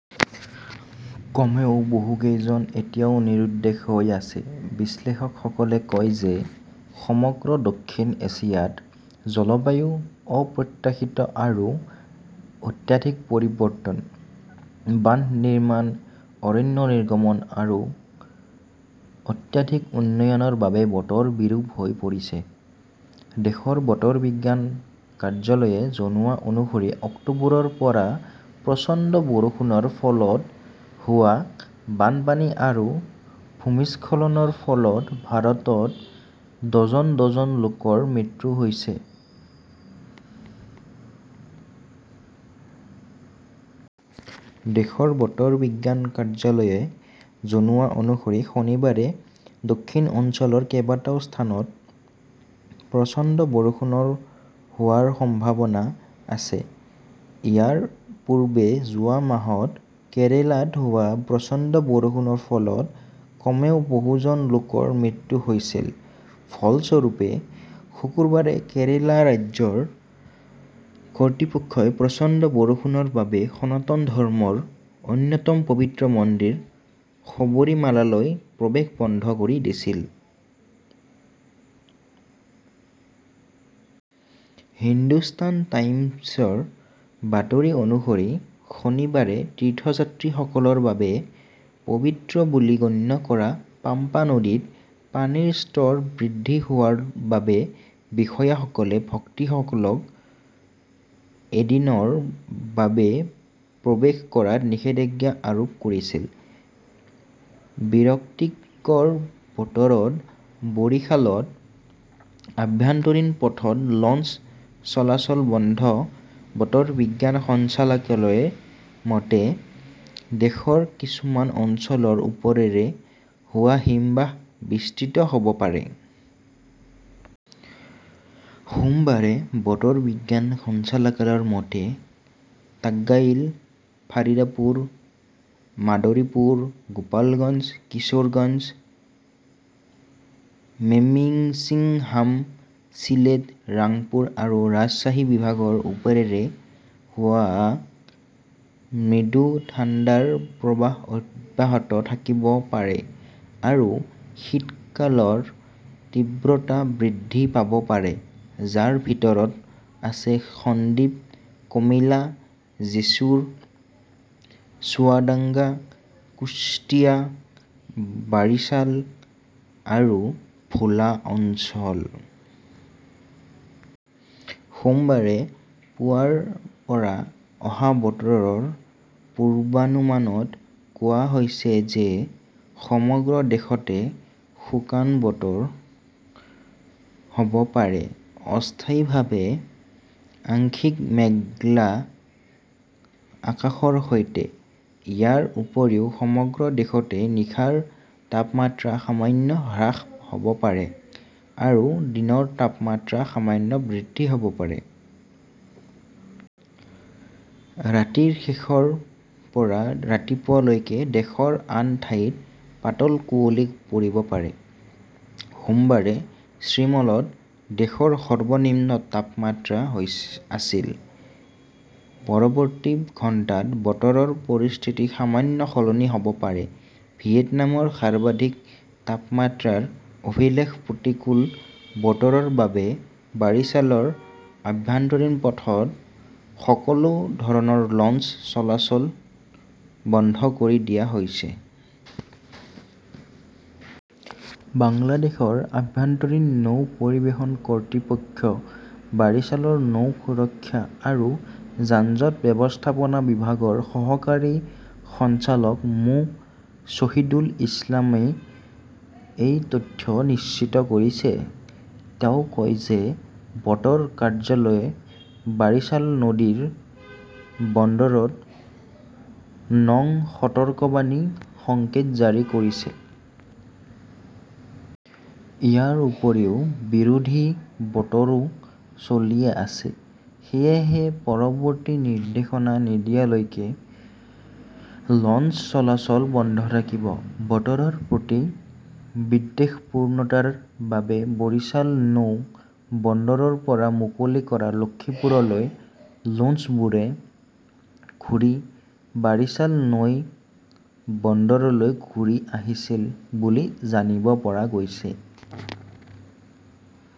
কমেও বহু কেইজন এতিয়াও নিৰুদ্দেশ হৈ আছে। বিশ্লেষকসকলে কয় যে সমগ্ৰ দক্ষিণ এছিয়াত জলবায়ুৰ অপ্ৰত্যাশিত আৰু অত্যাধিক পৰিৱৰ্তন, বান্ধ নিৰ্মাণ, অৰণ্য নিৰ্গমন আৰু অত্যাধিক উন্নয়নৰ বাবে বতৰ বিৰূপ হৈ পৰিছে। দেশৰ বতৰ বিজ্ঞান কাৰ্যালয়ে জনোৱা অনুসৰি অক্টোবৰৰ পৰা প্ৰচণ্ড বৰষুণৰ ফলত হোৱা বানপানী আৰু ভূমিস্খলনৰ ফলত ভাৰতত ডজন ডজন লোকৰ মৃত্যু হৈছে। দেশৰ বতৰ বিজ্ঞান কাৰ্যালয়ে জনোৱা অনুসৰি শনিবাৰে দক্ষিণ অঞ্চলৰ কেইবাটাও স্থানত প্ৰচণ্ড বৰষুণ হোৱাৰ সম্ভাৱনা আছে। ইয়াৰ পূৰ্বে যোৱা মাহত কেৰালাত হোৱা প্ৰচণ্ড বৰষুণৰ ফলত কমেও বহুজন লোকৰ মৃত্যু হৈছিল। ফলস্বৰূপে, শুকুৰবাৰে কেৰালা ৰাজ্যৰ কৰ্তৃপক্ষই প্ৰচণ্ড বৰষুণৰ বাবে সনাতন ধৰ্মৰ অন্যতম পবিত্ৰ মন্দিৰ শবৰীমালালৈ প্ৰৱেশ বন্ধ কৰি দিছিল। হিন্দুস্থান টাইমছৰ বাতৰি অনুসৰি, শনিবাৰে তীৰ্থযাত্ৰীসকলৰ বাবে পবিত্ৰ বুলি গণ্য কৰা পাম্পা নদীত পানীৰ স্তৰ বৃদ্ধি হোৱাৰ বাবে বিষয়াসকলে ভক্তসকলক এদিনৰ বাবে প্ৰৱেশ কৰাত নিষেধাজ্ঞা আৰোপ কৰিছিল। বিৰক্তিকৰ বতৰত বৰিশালত আভ্যন্তৰীণ পথত লঞ্চ চলাচল বন্ধ বতৰ বিজ্ঞান সঞ্চালকালয়ৰ মতে, দেশৰ কিছুমান অঞ্চলৰ ওপৰেৰে হোৱা হিমবাহ বিস্তৃত হ'ব পাৰে। সোমবাৰে বতৰ বিজ্ঞান সঞ্চালকালয়ৰ মতে, টাঙ্গাইল, ফাৰিদপুৰ, মাদৰীপুৰ, গোপালগঞ্জ, কিশোৰগঞ্জ। মেমিন্সিংহাম, ছিলেট, ৰাংপুৰ আৰু ৰাজশ্বাহী বিভাগৰ ওপৰেৰে যোৱা মৃদু ঠাণ্ডাৰ প্ৰৱাহ অব্যাহত থাকিব পাৰে আৰু শীতকালৰ তীব্ৰতা বৃদ্ধি পাব পাৰে, যাৰ ভিতৰত আছে সন্দিপ, কমিলা, জেছুৰ, চুৱাদাঙ্গা, কুশ্তিয়া, বাৰিছাল আৰু ভোলা অঞ্চল। সোমবাৰে পুৱাৰ পৰা অহা বতৰৰ পূৰ্বানুমানত কোৱা হৈছে যে সমগ্ৰ দেশতে বতৰ শুকান হ'ব পাৰে, অস্থায়ীভাৱে আংশিক মেঘলা আকাশৰ সৈতে। ইয়াৰ উপৰিও সমগ্ৰ দেশতে নিশাৰ তাপমাত্ৰা সামান্য হ্ৰাস হ'ব পাৰে আৰু দিনৰ তাপমাত্ৰা সামান্য বৃদ্ধি হ'ব পাৰে। ৰাতিৰ শেষৰ পৰা ৰাতিপুৱালৈকে দেশৰ আন ঠাইত পাতল কুঁৱলী পৰিব পাৰে। সোমবাৰে শ্ৰীমলত দেশৰ সৰ্বনিম্ন তাপমাত্ৰা আছিল। পৰৱৰ্তী ঘণ্টাত বতৰৰ পৰিস্থিতি সামান্য সলনি হ'ব পাৰে। ভিয়েটনামৰ সৰ্বাধিক তাপমাত্ৰাৰ অভিলেখ প্ৰতিকূল বতৰৰ বাবে বাৰিছালৰ আভ্যন্তৰীণ পথত সকলো ধৰণৰ লঞ্চ চলাচল বন্ধ কৰি দিয়া হৈছে। বাংলাদেশ আভ্যন্তৰীণ নৌ পৰিবহণ কৰ্তৃপক্ষ বাৰিছালৰ নৌ সুৰক্ষা আৰু যান-জঁট ব্যৱস্থাপনা বিভাগৰ সহকাৰী সঞ্চালক মো. শ্বহিদুল ইছলামই এই তথ্য নিশ্চিত কৰিছে। তেওঁ কয় যে বতৰ কাৰ্যালয়ে বাৰিছাল নদী বন্দৰত নং সতৰ্কবাণী সংকেত জাৰি কৰিছে। ইয়াৰ উপৰিও বিৰোধী বতৰো চলি আছে। সেয়েহে পৰৱৰ্তী নিৰ্দেশনা নিদিয়ালৈকে লঞ্চ চলাচল বন্ধ থাকিব। বতৰৰ প্ৰতি বিদ্বেষপূৰ্ণতাৰ বাবে বাৰিছাল নৌ বন্দৰৰ পৰা মুকলি কৰা লক্ষ্মীপুৰলৈ লোঞ্চবোৰে ঘূৰি বাৰিছাল নৌ বন্দৰলৈ ঘূৰি আহিছিল বুলি জানিব পৰা গৈছে।